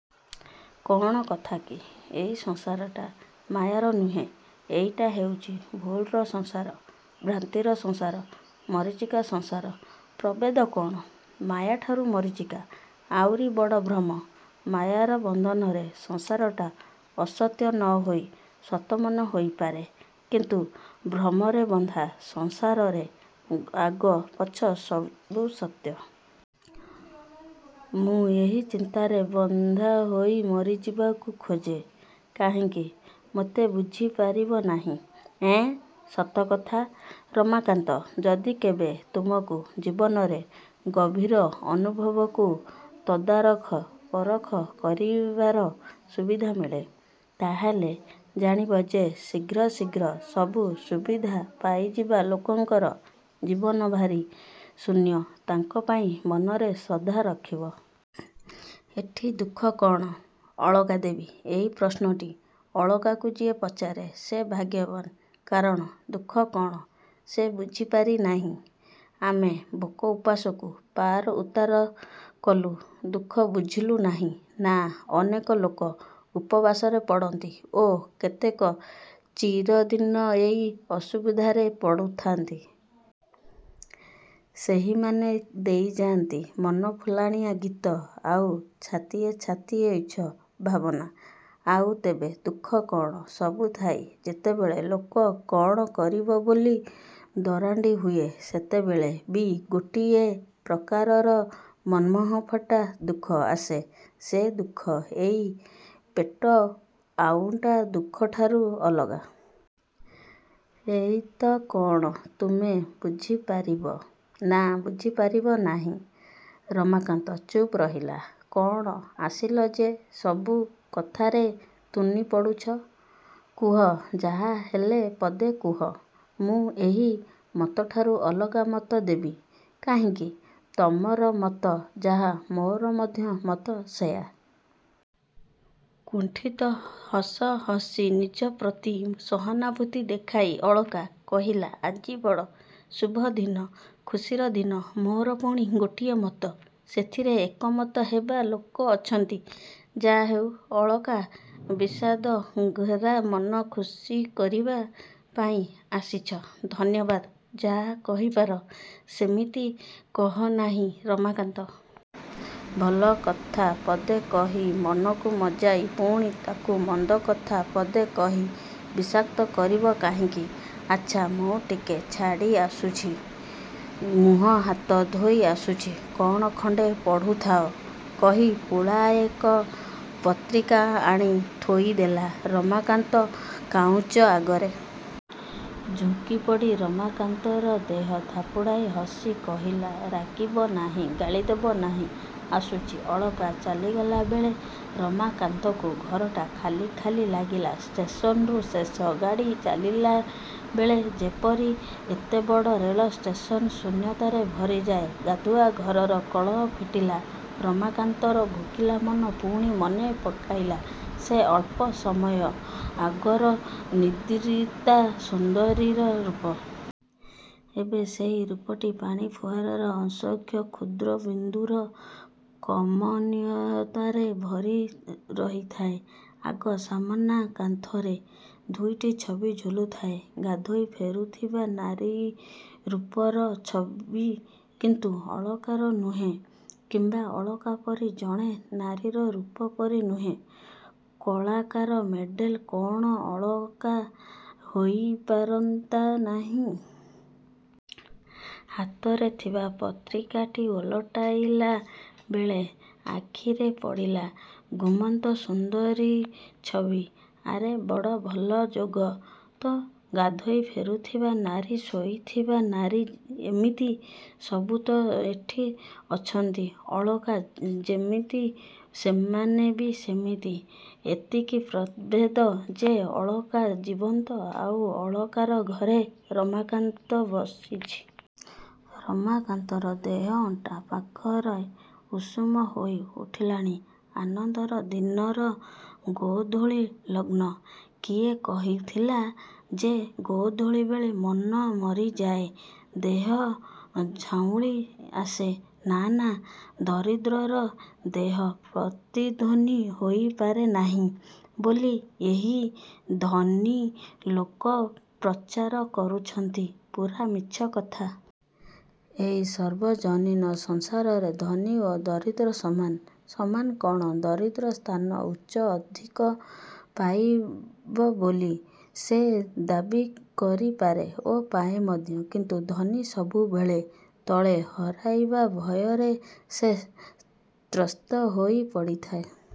କ'ଣ କଥା କି? –ଏଇ ସଂସାରଟା ମାୟାର ନୁହେଁ। ଏଇଟା ହେଉଛି ଭୁଲର ସଂସାର–ଭ୍ରାନ୍ତିର ସଂସାର, ମରିଚିକାର ସଂସାର। –ପ୍ରଭେଦ କ'ଣ? –ମାୟାଠାରୁ ମରିଚିକା ଆଉରି ବଡ଼ ଭ୍ରମ। ମାୟାର ବନ୍ଧନରେ ସଂସାରଟା ଅସତ୍ୟ ନ ହୋଇ ସତ ମନେ ହୋଇପାରେ। କିନ୍ତୁ ଭ୍ରମରେ ବନ୍ଧା ସଂସାରରେ ଆଗ–ପଛ ସବୁ ଅସତ୍ୟ-! ମୁଁ ଏହି ଚିନ୍ତାରେ ବାନ୍ଧି ହୋଇ ମରିଯିବାକୁ ଖୋଜେ? –କାହିଁକି? –ତମେ ବୁଝି ପାରିବ ନାହିଁ। –ଏଁ? –ସତ କଥା ରମାକାନ୍ତ। ଯଦି କେବେ ତୁମକୁ ଜୀବନର ଗଭୀର ଅନୁଭବକୁ ତଦାରଖ ପରଖ କରିବାର ସୁବିଧା ମିଳେ। ତାହାହେଲେ ଜାଣିବ ଯେ ଶୀଘ୍ର ଶୀଘ୍ର ସବୁ ସୁବିଧା ପାଇଯିବା ଲୋକଙ୍କର ଜୀବନ ଭାରି ଶୂନ୍ୟ–ତାଙ୍କ ପାଇଁ ମନରେ ଶ୍ରଦ୍ଧା ରଖିବ। –ଏଠି ଦୁଃଖ କ'ଣ? –ଅଳକା ଦେବୀ? –ଏଇ ପ୍ରଶ୍ନଟି ଅଳକାକୁ ଯିଏ ପଚାରେ ସେ ଭାଗ୍ୟବାନ୍। କାରଣ ଦୁଃଖ କ'ଣ ସେ ବୁଝିପାରି ନାହିଁ। –ଆମେ ଭୋକ ଉପାସକୁ ପାରଉତ୍ତାର କଲୁ। ଦୁଃଖ ବୁଝିଲୁ ନାହିଁ? –ନା। ଅନେକ ଲୋକ ଉପବାସରେ ପଡ଼ନ୍ତି ଓ କେତେକ ଚିରଦିନ ଏଇ ଅସୁବିଧାରେ ପଡ଼ୁଥାନ୍ତି। ସେହିମାନେ ଦେଇଯାଇଛନ୍ତି ମନ ଫୁଲାଣିଆ ଗୀତ ଆଉ ଛାତିଏ ଛାତିଏ ଉଚ୍ଚ ଭାବନା-। –ଆଉ ତେବେ ଦୁଃଖ କ'ଣ? –ସବୁଥାଇ ଯେତେବେଳେ ଲୋକ କ'ଣ କରିବ ବୋଲି ଦରାଣ୍ଡି ହୁଏ ସେତେବେଳେ ବି ଗୋଟାଏ ପ୍ରକାରର ମର୍ମ୍ମଫଟା ଦୁଃଖ ଆସେ। ସେ ଦୁଃଖ ଏଇ ପେଟ–ଆଉଟା ଦୁଃଖଠାରୁ ଅଲଗା... ଏତକ କ'ଣ ତୁମେ ବୁଝିପାରିବ? –ନା, ବୁଝିପାରିବ ନାହିଁ? ରମାକାନ୍ତ ଚୁପ୍ ରହିଲା। –କ'ଣ? ଆସିଲ ଯେ ସବୁ କଥାରେ ତୁନି ପଡ଼ୁଛ। କୁହ–ଯାହା ହେଲେ ପଦେ କୁହ। –ମୁଁ ଏହି ମତଠାରୁ ଅଲଗା ମତ ଦେବି କାହିଁକି? ତମର ମତ ଯାହା–ମୋର ମଧ୍ୟ ମତ ସେଇଆ। କୁଣ୍ଠିତ ହସ ହସି ନିଜ ପ୍ରତି ସହାନୁଭୂତି ଦେଖାଇ ଅଳକା କହିଲା–ଆଜି ବଡ଼ ଶୁଭଦିନ–ସୁଖର ଦିନ। ମୋର ପୁଣି ଗୋଟାଏ ମତ? ସେଥିରେ ଏକମତ ହେବା ଲୋକ ଅଛନ୍ତି। ଯାହାହେଉ ଅଳକାର ବିଷାଦ–ଘେରା ମନ ଖୁସି କରିବା ପାଇଁ ଆସିଛ ଧନ୍ୟବାଦ– –ଯାହା କହିପାର। –ସେମିତି କହନାହିଁ ରମାକାନ୍ତ। ଭଲକଥା ପଦେ କହି ମନକୁ ମଜ୍ଜାଇ ପୁଣି ତା'କୁ ମନ୍ଦ କଥା ପଦେ କହି ବିଷାକ୍ତ କରିବ କାହିଁକି? ଆଚ୍ଛା, ମୁଁ ଟିକିଏ ଛାଡ଼ି ଆସୁଛି। ମୁହଁ ହାତ ଧୋଇ ଆସୁଛି–କ'ଣ ଖଣ୍ଡେ ପଢ଼ୁଥାଅ। କହି ପୁଳାଏ ପତ୍ରିକା ଆଣି ଥୋଇଦେଲା ରମାକାନ୍ତର କାଉଚ ଆଗରେ। ଝୁଙ୍କିପଡ଼ି ରମାକାନ୍ତର ଦେହ ଥାପୁଡ଼ାଇ ହସିକହିଲା–ରାଗିବ ନାହିଁ। ଗାଳିଦବ ନାହିଁ ଆସୁଛି। ଅଳକା ଚାଲିଗଲା ବେଳେ ରମାକାନ୍ତକୁ ଘରଟା ଖାଲି ଖାଲି ଲାଗିଲା। ଷ୍ଟେସନରୁ ଶେଷ ଗାଡ଼ିଟା ଚାଲିଗଲା ବେଳେ ଯେପରି ଏତେବଡ଼ ରେଳ ଷ୍ଟେସନ ଶୂନ୍ୟତାରେ ଭରିଯାଏ। ଗାଧୁଆ ଘରର କଳ ଫିଟିଲା। ରମାକାନ୍ତର ଭୋକିଲା ମନ ପୁଣି ମନେ ପକାଇଲା ସେ ଅଳ୍ପ ସମୟ ଆଗର ନିଦ୍ରିତା–ସୁନ୍ଦରୀର ରୂପ। ଏବେ ସେହି ରୂପଟି ପାଣିଫୁଆରର ଅସଂଖ୍ୟ କ୍ଷୁଦ୍ର ବିନ୍ଦୁର କମନୀୟତାରେ ଭରି ରହିଥିବ। ଆଗ ସାମନା କାନ୍ଥରେ ଦୁଇଟି ଛବି ଝୁଲୁଥିଲା–ଗାଧୋଇ ଫେରୁଥିବା ନାରୀରୂପର ଛବି, କିନ୍ତୁ ଅଳକାର ନୁହେଁ। କିମ୍ବା ଅଳକା ପରି ଜଣେ ନାରୀର ରୂପପରି ନୁହେଁ। କଳାକାର ମଡ଼େଲ କ'ଣ ଅଳକା ହୋଇପାରନ୍ତା ନାହିଁ?... ହାତରେ ଥିବା ପତ୍ରିକାଟିଏ ଓଲଟାଇଲା ବେଳେ ଆଖିରେ ପଡ଼ିଲା–ଘୁମନ୍ତ ସୁନ୍ଦରୀର ଛବି।... ଆରେ ବଡ଼ ଭଲ ଯୋଗ ତ। ଗାଧୋଇ ଫେରୁଥିବା ନାରୀ, ଶୋଇଥିବା ନାରୀ–ଏମିତି ସବୁ ତ ଏଠି ଅଛନ୍ତି। ଅଳକା ଯେମିତି ସେମାନେ ବି ସେମିତି। ଏତିକି ପ୍ରଭେଦ ଯେ ଅଳକା ଜୀବନ୍ତ–ଆଉ ଅଳକା ଘରେ ରମାକାନ୍ତ ବସିଛି। ରମାକାନ୍ତର ଦେହ ଅଣ୍ଟା ପାଖରେ ଉଷୁମ ହେଇ ଉଠିଲାଣି–ଆନନ୍ଦର ଦିନର ଗୋଧୂଳି ଲଗ୍ନ। କିଏ କହୁଥିଲା ଯେ ଗୋଧୂଳି ବେଳରେ ମନ ମରିଯାଏ, ଦେହ ଝାଉଁଳି ଆସେ–ନା–ନା। ଦରିଦ୍ରର ଦେହ ପ୍ରତିଧ୍ୱନି ଦେଇପାରେ ନାହିଁ ବୋଲି ଏହି ଧନୀ ଲୋକେ ପ୍ରଚାର କରିଛନ୍ତି–ପୁରା ମିଛ କଥା। ଏଇ ସାର୍ବଜନୀନ ସଂସାରରେ ଧନୀ ଓ ଦରିଦ୍ର ସମାନ। ସମାନ କ'ଣ–ଦରିଦ୍ରର ସ୍ଥାନ ଉଚ୍ଚ–ଅଧିକ ପାଇବ ବୋଲି ସେ ଦାବୀ କରିପାରେ ଓ ପାଏ ମଧ୍ୟ। କିନ୍ତୁ ଧନୀ ସବୁବେଳେ ତଳେ–ହରାଇବାର ଭୟରେ ସେ ତ୍ରସ୍ତ ହୋଇ ପଡ଼ିଥାଏ।